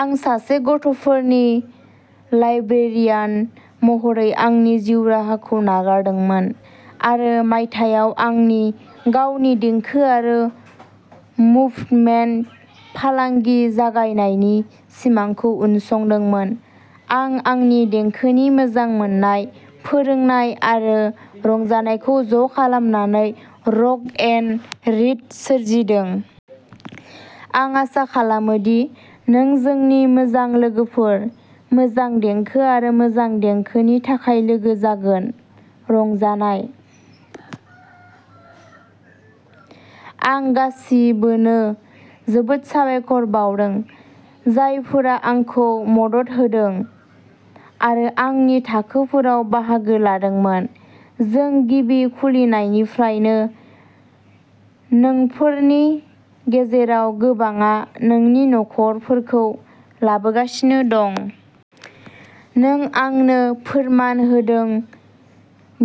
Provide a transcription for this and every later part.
आं सासे गथ'फोरनि लाइब्रेरियान महरै आंनि जिउ राहाखौ नागारदोंमोन आरो मायथाइयाव आंनि गावनि देंखो आरो मुभमेन्ट फालांगि जागायनायनि सिमांखौ उनसंदोंमोन। आं आंनि देंखोनि मोजां मोननाय, फोरोंनाय आरो रंजानायखौ ज'खालामनानै रक एन रीड सोरजिदों। आं आसा खालामो दि नों जोंनि मोजां लोगोफोर, मोजां देंखो आरो मोजां देंखोनि थाखाय लोगो जागोन। रंजानाय! आं गासिबोनो जोबोद साबायखर बाउदों, जायफोरा आंखौ मदद होदों आरो आंनि थाखोफोराव बाहागो लादोंमोन। जों गिबि खुलिनायनिफ्रायनो नोंफोरनि गेजेराव गोबांआ नोंनि नखरफोरखौ लाबोगासिनो दं। नों आंनो फोरमान होदों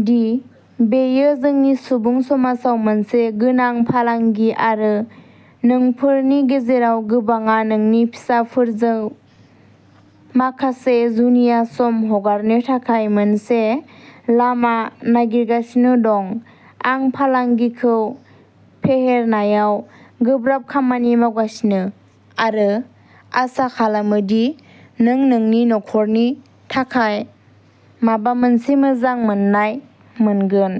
दि बेयो जोंनि सुबुं समाजाव मोनसे गोनां फालांगि आरो नोंफोरनि गेजेराव गोबांआ नोंनि फिसाफोरजों माखासे जुनिया सम हगारनो थाखाय मोनसे लामा नागिरगासिनो दं। आं फालांगिखौ फेहेरनायाव गोब्राब खामानि मावगासिनो आरो आसा खालामो दि नों नोंनि नखरनि थाखाय माबा मोनसे मोजां मोन्नाय मोनगोन।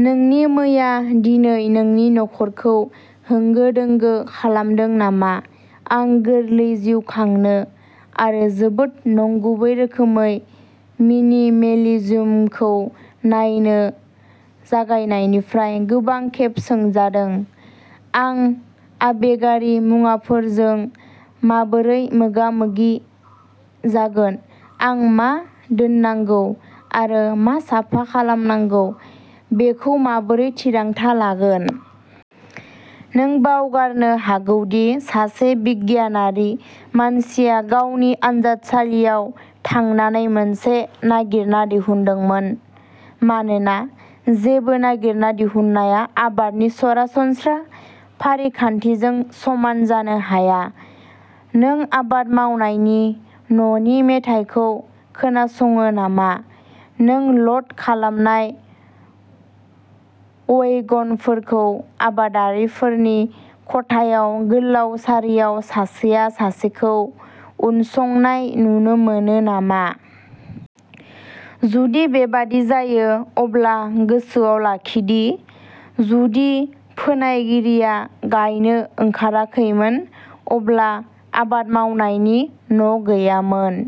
नोंनि मैया दिनै नोंनि न'खरखौ होंगो-दोंगो खालामदों नामा? आं गोरलै जिउ खांनो आरो जोबोद नंगुबै रोखोमै मिनिमेलिज्मखौ नायनो जागायनायनिफ्राय गोबां खेब सोंजादों। आं आबेगारि मुवाफोरजों माबोरै मोगा-मोगि जागोन? आं मा दोननांगौ आरो मा साफा खालामनांगौ बेखौ माबोरै थिरांथा लागोन? नों बावगारनो हागौ दि सासे बिगियानारि मानसिया गावनि आनजादसालियाव थांनानै मोनसे नागिरना दिहुनदोंमोन, मानोना जेबो नागिरना दिहुननाया आबादनि सरासनस्रा फारिखान्थिजों समान जानो हाया। नों आबाद मावनायनि न'नि मेथाइखौ खोनासङो नामा? नों ल'ड खालामनाय वैगनफोरखौ आबादारिफोरनि खथायाव गोलाव सारियाव सासेया सासेखौ उनसंनाय नुनो मोनो नामा? जुदि बेबादि जायो, अब्ला गोसोआव लाखि दि जुदि फोनायगिरिया गायनो ओंखाराखैमोन अब्ला आबाद मावनायनि न'गैयामोन!